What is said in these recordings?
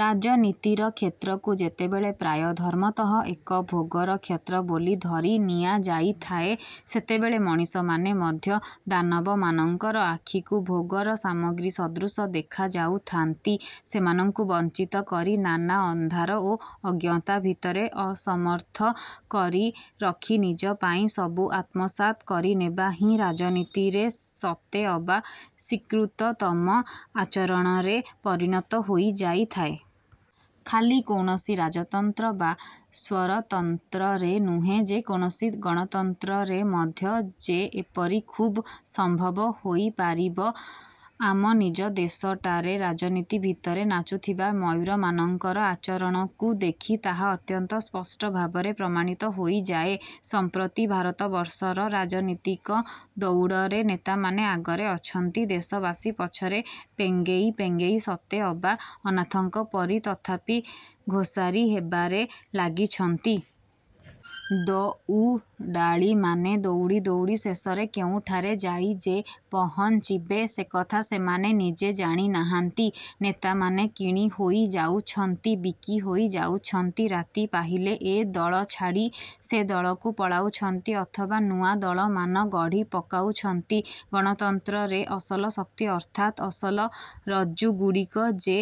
ରାଜନୀତିର କ୍ଷେତ୍ରକୁ ଯେତେବେଳେ ପ୍ରାୟ ଧର୍ମତଃ ଏକ ଭୋଗର କ୍ଷେତ୍ର ବୋଲି ଧରି ନିଆଯାଇଥାଏ ସେତେବେଳେ ମଣିଷମାନେ ମଧ୍ୟ ଦାନବମାନଙ୍କର ଆଖିକୁ ଭୋଗର ସାମଗ୍ରୀ ସଦୃଶ ଦେଖାଯାଉଥାନ୍ତି। ସେମାନଙ୍କୁ ବଂଚିତ କରି ନାନା ଅନ୍ଧାର ଓ ଅଜ୍ଞତା ଭିତରେ ଅସମର୍ଥ କରି ରଖି ନିଜ ପାଇଁ ସବୁ ଆତ୍ମସାତ୍ କରି ନେବା ହିଁ ରାଜନୀତିରେ ସତେ ଅବା ସ୍ୱୀକୃତତମ ଆଚରଣରେ ପରିଣତ ହୋଇ ଯାଇଥାଏ। ଖାଲି କୌଣସି ରାଜତନ୍ତ୍ର ବା ସ୍ୱୈରତନ୍ତ୍ରରେ ନୁହେଁ ଯେକୌଣସି ଗଣତନ୍ତ୍ରରେ ମଧ୍ୟ ଯେ ଏପରି ଖୁବ୍ ସମ୍ଭବ ହୋଇପାରିବ ଆମ ନିଜ ଦେଶଟାରେ ରାଜନୀତି ଭିତରେ ନାଚୁଥିବା ମୟୁରମାନଙ୍କର ଆଚରଣକୁ ଦେଖି ତାହା ଅତ୍ୟନ୍ତ ସ୍ପଷ୍ଟ ଭାବରେ ପ୍ରମାଣିତ ହୋଇଯାଏ। ସଂପ୍ରତି ଭାରତବର୍ଷର ରାଜନୀତିକ ଦଉଡ଼ରେ ନେତାମାନେ ଆଗରେ ଅଛନ୍ତି ଦେଶବାସୀ ପଛରେ ପେଙ୍ଗଇ ପେଙ୍ଗଇ ସତେଅବା ଅନାଥଙ୍କ ପରି ତଥାପି ଘୋଷାରି ହେବାରେ ଲାଗିଛନ୍ତି। ଦଉଡାଳିମାନେ ଦଉଡ଼ି ଦଉଡ଼ି ଶେଷରେ କେଉଁଠାରେ ଯାଇ ଯେ ପହଂଚିବେ ସେକଥା ସେମାନେ ନିଜେ ଜାଣିନାହାନ୍ତି। ନେତାମାନେ କିଣି ହୋଇ ଯାଉଛନ୍ତି ବିକିହୋଇ ଯାଉଛନ୍ତି। ରାତି ପାହିଲେ ଏ ଦଳ ଛାଡ଼ି ସେ ଦଳକୁ ପଳାଉଛନ୍ତି ଅଥବା ନୂଆ ଦଳମାନ ଗଢ଼ି ପକାଉଛନ୍ତି। ଗଣତନ୍ତ୍ରରେ ଅସଲ ଶକ୍ତି ଅର୍ଥାତ୍ ଅସଲ ରଜ୍ଜୁଗୁଡ଼ିକ ଯେ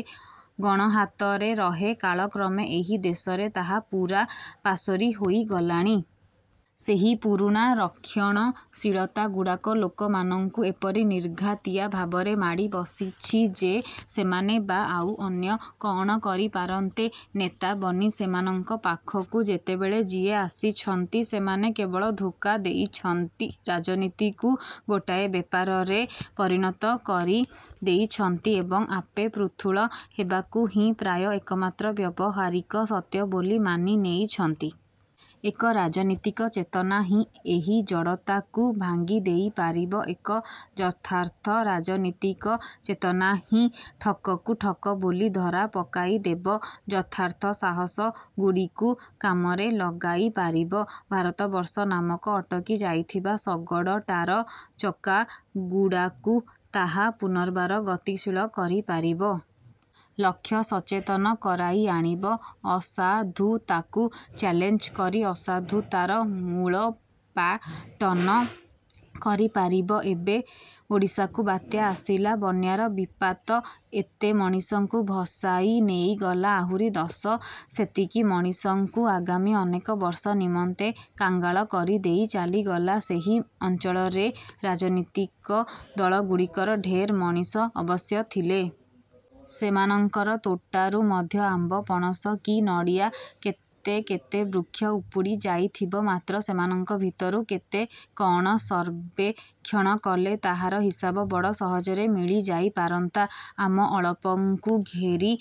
ଗଣହାତରେ ରହେ କାଳକ୍ରମେ ଏହି ଦେଶରେ ତାହା ପୂରା ପାସୋରି ହୋଇଗଲାଣି। ସେହି ପୁରୁଣା ରକ୍ଷଣଶୀଳତା ଗୁଡ଼ାକ ଲୋକମାନଙ୍କୁ ଏପରି ନିର୍ଘାତିଆ ଭାବରେ ମାଡ଼ିବସିଛି ଯେ ସେମାନେ ବା ଆଉ ଅନ୍ୟ କଅଣ କରିପାରନ୍ତେ ନେତା ବନି ସେମାନଙ୍କ ପାଖକୁ ଯେତେବେଳେ ଯିଏ ଆସିଛନ୍ତି ସେମାନେ କେବଳ ଧୋକା ଦେଇଛନ୍ତି। ରାଜନୀତିକୁ ଗୋଟାଏ ବେପାରରେ ପରିଣତ କରି ଦେଇଛନ୍ତି ଏବଂ ଆପେ ପୃଥୁଳ ହେବାକୁ ହିଁ ପ୍ରାୟ ଏକମାତ୍ର ବ୍ୟବହାରିକ ସତ୍ୟ ବୋଲି ମାନି ନେଇଛନ୍ତି। ଏକ ରାଜନୀତିକ ଚେତନା ହିଁ ଏହି ଜଡ଼ତାକୁ ଭାଙ୍ଗିଦେଇ ପାରିବ। ଏକ ଯଥାର୍ଥ ରାଜନୀତିକ ଚେତନା ହିଁ ଠକକୁ ଠକ ବୋଲି ଧରା ପକାଇଦେବ। ଯଥାର୍ଥ ସାହସଗୁଡ଼ିକୁ କାମରେ ଲଗାଇ ପାରିବ। ଭାରତବର୍ଷ ନାମକ ଅଟକି ଯାଇଥିବା ଶଗଡ଼ଟାର ଚକାଗୁଡ଼ାକୁ ତାହା ପୁନର୍ବାର ଗତିଶୀଳ କରିପାରିବ। ଲକ୍ଷ୍ୟସଚେତନ କରାଇ ଆଣିବ। ଅସାଧୁତାକୁ ଚ୍ୟାଲେଞ୍ଜ କରି ଅସାଧୁତାର ମୂଳୋତ୍ପାଟନ କରିପାରିବ। ଏବେ ଓଡ଼ିଶାକୁ ବାତ୍ୟା ଆସିଲା, ବନ୍ୟାର ବିତ୍ପାତ ଏତେ ମଣିଷଙ୍କୁ ଭସାଇ ନେଇଗଲା, ଆହୁରି ଦଶ ସେତିକି ମଣିଷଙ୍କୁ ଆଗାମୀ ଅନେକ ବର୍ଷ ନିମନ୍ତେ କାଙ୍ଗାଳ କରିଦେଇ ଚାଲିଗଲା। ସେହି ଅଂଚଳରେ ରାଜନୀତିକ ଦଳଗୁଡ଼ିକର ଢେର ମଣିଷ ଅବଶ୍ୟ ଥିଲେ। ସେମାନଙ୍କର ତୋଟାରୁ ମଧ୍ୟ ଆମ୍ବ ପଣସ କି ନଡ଼ିଆ କେତେ କେତେ ବୃକ୍ଷ ଉପୁଡ଼ି ଯାଇଥିବ ମାତ୍ର ସେମାନଙ୍କ ଭିତରୁ କେତେ କଅଣ ସର୍ବେକ୍ଷଣ କଲେ ତାହାର ହିସାବ ବଡ଼ ସହଜରେ ମିଳିଯାଇ ପାରନ୍ତା। ଆମ ଅଳପଙ୍କୁ ଘେରି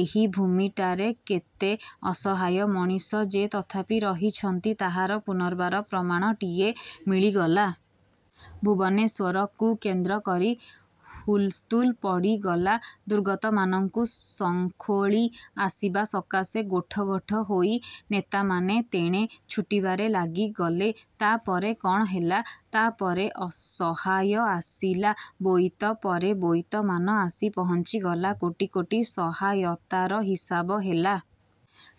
ଏହି ଭୂଇଁଟାରେ କେତେ ଅସହାୟ ମଣିଷ ଯେ ତଥାପି ରହିଛନ୍ତି ତାହାର ପୁନର୍ବାର ପ୍ରମାଣଟିଏ ମିଳିଗଲା। ଭୁବନେଶ୍ୱରକୁ କେନ୍ଦ୍ର କରି ହୁଲସ୍ତୁଲ ପଡ଼ିଗଲା। ଦୁର୍ଗତମାନଙ୍କୁ ସଂଖୋଳି ଆସିବା ସକାଶେ ଗୋଠ ଗୋଠ ହୋଇ ନେତାମାନେ ତେଣେ ଛୁଟିବାରେ ଲାଗିଗଲେ। ତା ପରେ କଣ ହେଲା? ତାପରେ ସହାୟ ଆସିଲା ବୋଇତ ପରେ ବୋଇତମାନ ଆସି ପହଞ୍ଚିଗଲା। କୋଟି କୋଟି ସହାୟତାର ହିସାବ ହେଲା।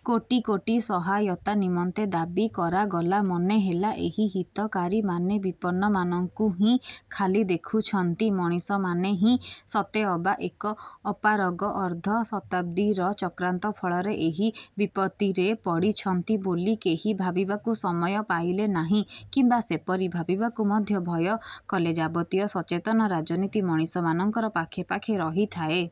କୋଟି କୋଟି ସହାୟତା ନିମନ୍ତେ ଦାବି କରାଗଲା। ମନେହେଲା ଏହି ହିତକାରୀମାନେ ବିପନ୍ନମାନଙ୍କୁ ହିଁ ଖାଲି ଦେଖୁଛନ୍ତି ମଣିଷମାନେ ହିଁ ସତେଅବା ଏକ ଅପାରଗ ଅର୍ଦ୍ଧଶତାବ୍ଦୀର ଚକ୍ରାନ୍ତ ଫଳରେ ଏହି ବିପତ୍ତିରେ ପଡ଼ିଛନ୍ତି ବୋଲି କେହି ଭାବିବାକୁ ସମୟ ପାଇଲେ ନାହିଁ କିମ୍ବା ସେପରି ଭାବିବାକୁ ମଧ୍ୟ ଭୟ କଲେ। ଯାବତୀୟ ସଚେତନ ରାଜନୀତି ମଣିଷମାନଙ୍କର ପାଖେ ପାଖେ ରହିଥାଏ।